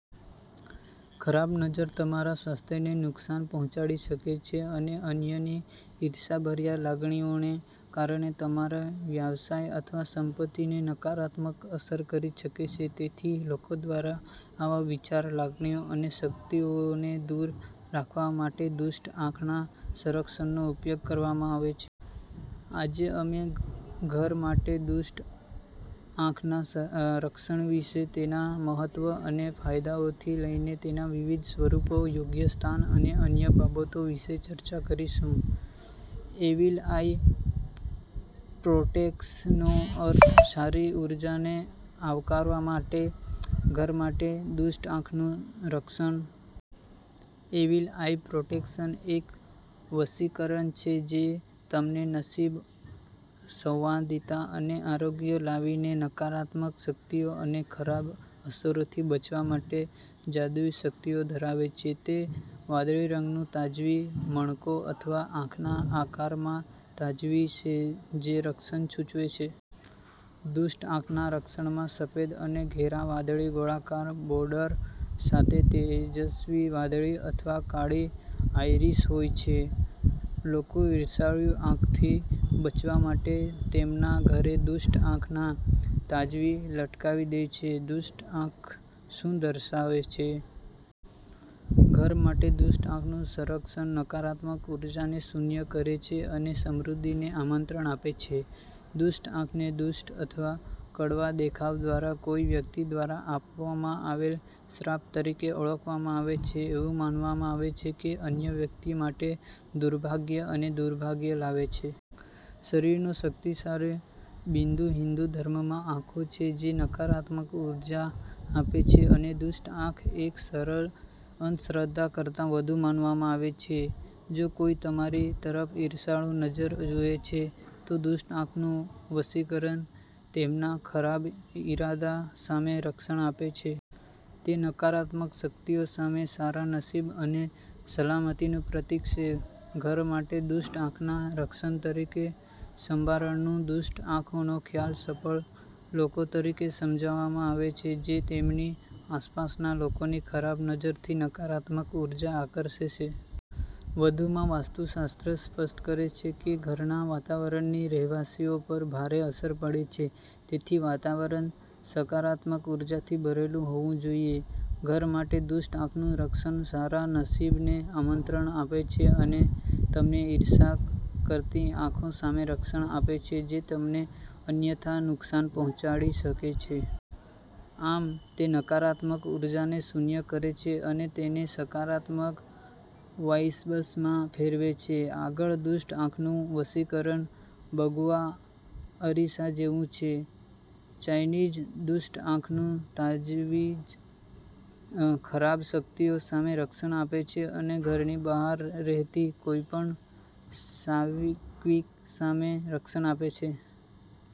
ખરાબ નજર તમારા સ્વાસ્થ્યને નુકસાન પહોંચાડી શકે છે અને અન્યની ઈર્ષ્યાભર્યા લાગણીઓને કારણે તમારા વ્યવસાય અથવા સંપત્તિને નકારાત્મક અસર કરી છકે છે. તેથી, લોકો દ્વારા આવા વિચારો, લાગણીઓ અને શક્તિઓને દૂર રાખવા માટે દુષ્ટ આંખના સંરક્ષણનો ઉપયોગ કરવામાં આવે છે. આજે, અમે ઘર માટે દુષ્ટ આંખના સ રક્ષણ વિશે, તેના મહત્વ અને ફાયદાઓથી લઈને તેના વિવિધ સ્વરૂપો, યોગ્ય સ્થાન અને અન્ય બાબતો વિશે ચર્ચા કરીશું. એવિલ આઇ પ્રોટેક્શનનો અર્થ સારી ઊર્જાને આવકારવા માટે, ઘર માટે દુષ્ટ આંખનું રક્ષણ. એવિલ આઇ પ્રોટેક્શન એક વશીકરણ છે જે તમને નસીબ, સંવાદિતા અને આરોગ્ય લાવીને નકારાત્મક શક્તિઓ અને ખરાબ અસરોથી બચાવવા માટે જાદુઈ શક્તિઓ ધરાવે છે. તે વાદળી રંગનું તાજવી, મણકો અથવા આંખના આકારમાં તાજવી છે જે રક્ષણ સૂચવે છે. દુષ્ટ આંખના રક્ષણમાં સફેદ અને ઘેરા વાદળી ગોળાકાર બોર્ડર સાથે તેજસ્વી વાદળી અથવા કાળી આઇરિસ હોય છે. લોકો ઈર્ષાળુ આંખો બચવા માટે તેમના ઘરે દુષ્ટ આંખના તાજવી લટકાવી દે છે. દુષ્ટ આંખ શું દર્શાવે છે? ઘર માટે દુષ્ટ આંખનું સંરક્ષણ નકારાત્મક ઊર્જાને શૂન્ય કરે છે અને સમૃદ્ધિને આમંત્રણ આપે છે. દુષ્ટ આંખને દુષ્ટ અથવા કડવા દેખાવ દ્વારા કોઈ વ્યક્તિ દ્વારા આપવામાં આવેલ શ્રાપ તરીકે ઓળખવામાં આવે છે. એવું માનવામાં આવે છે કે અન્ય વ્યક્તિ માટે દુર્ભાગ્ય અને દુર્ભાગ્ય લાવે છે. શરીરનો શક્તિશાળી બિંદુ હિંદુ ધર્મમાં આંખો છે જે નકારાત્મક ઉર્જા આપે છે. અને દુષ્ટ આંખ એક સરળ અંધશ્રદ્ધા કરતાં વધુ માનવામાં આવે છે. જો કોઈ તમારી તરફ ઈર્ષાળુ નજર જુએ છે, તો દુષ્ટ આંખનું વશીકરણ તેમના ખરાબ ઈરાદા સામે રક્ષણ આપે છે. તે નકારાત્મક શક્તિઓ સામે સારા નસીબ અને સલામતીનું પ્રતીક છે. ઘર માટે દુષ્ટ આંખના રક્ષણ તરીકે સંભારણું દુષ્ટ આંખનો ખ્યાલ સફળ લોકો તરીકે સમજાવવામાં આવે છે જે તેમની આસપાસના લોકોની ખરાબ નજરથી નકારાત્મક ઊર્જા આકર્ષે સે. વધુમાં, વાસ્તુશાસ્ત્ર સ્પષ્ટ કરે છે કે ઘરના વાતાવરણની રહેવાસીઓ પર ભારે અસર પડે છે. તેથી વાતાવરણ સકારાત્મક ઉર્જાથી ભરેલું હોવું જોઈએ. ઘર માટે દુષ્ટ આંખનું રક્ષણ સારા નસીબને આમંત્રણ આપે છે અને તમને ઈર્ષ્યા કરતી આંખો સામે રક્ષણ આપે છે જે તમને અન્યથા નુકસાન પહોંચાડી શકે છે. આમ, તે નકારાત્મક ઊર્જાને શૂન્ય કરે છે અને તેને સકારાત્મક વાઈઝબસમાં ફેરવે છે. આગળ, દુષ્ટ આંખનું વશીકરણ બગુઆ અરીસા જેવું છે. ચાઈનીજ દુષ્ટ આંખનું તાજવીજ ખરાબ શક્તિઓ સામે રક્ષણ આપે છે અને ઘરની બહાર રહેતી કોઈપણ "સાવિકવીક"સામે રક્ષણ આપે છે.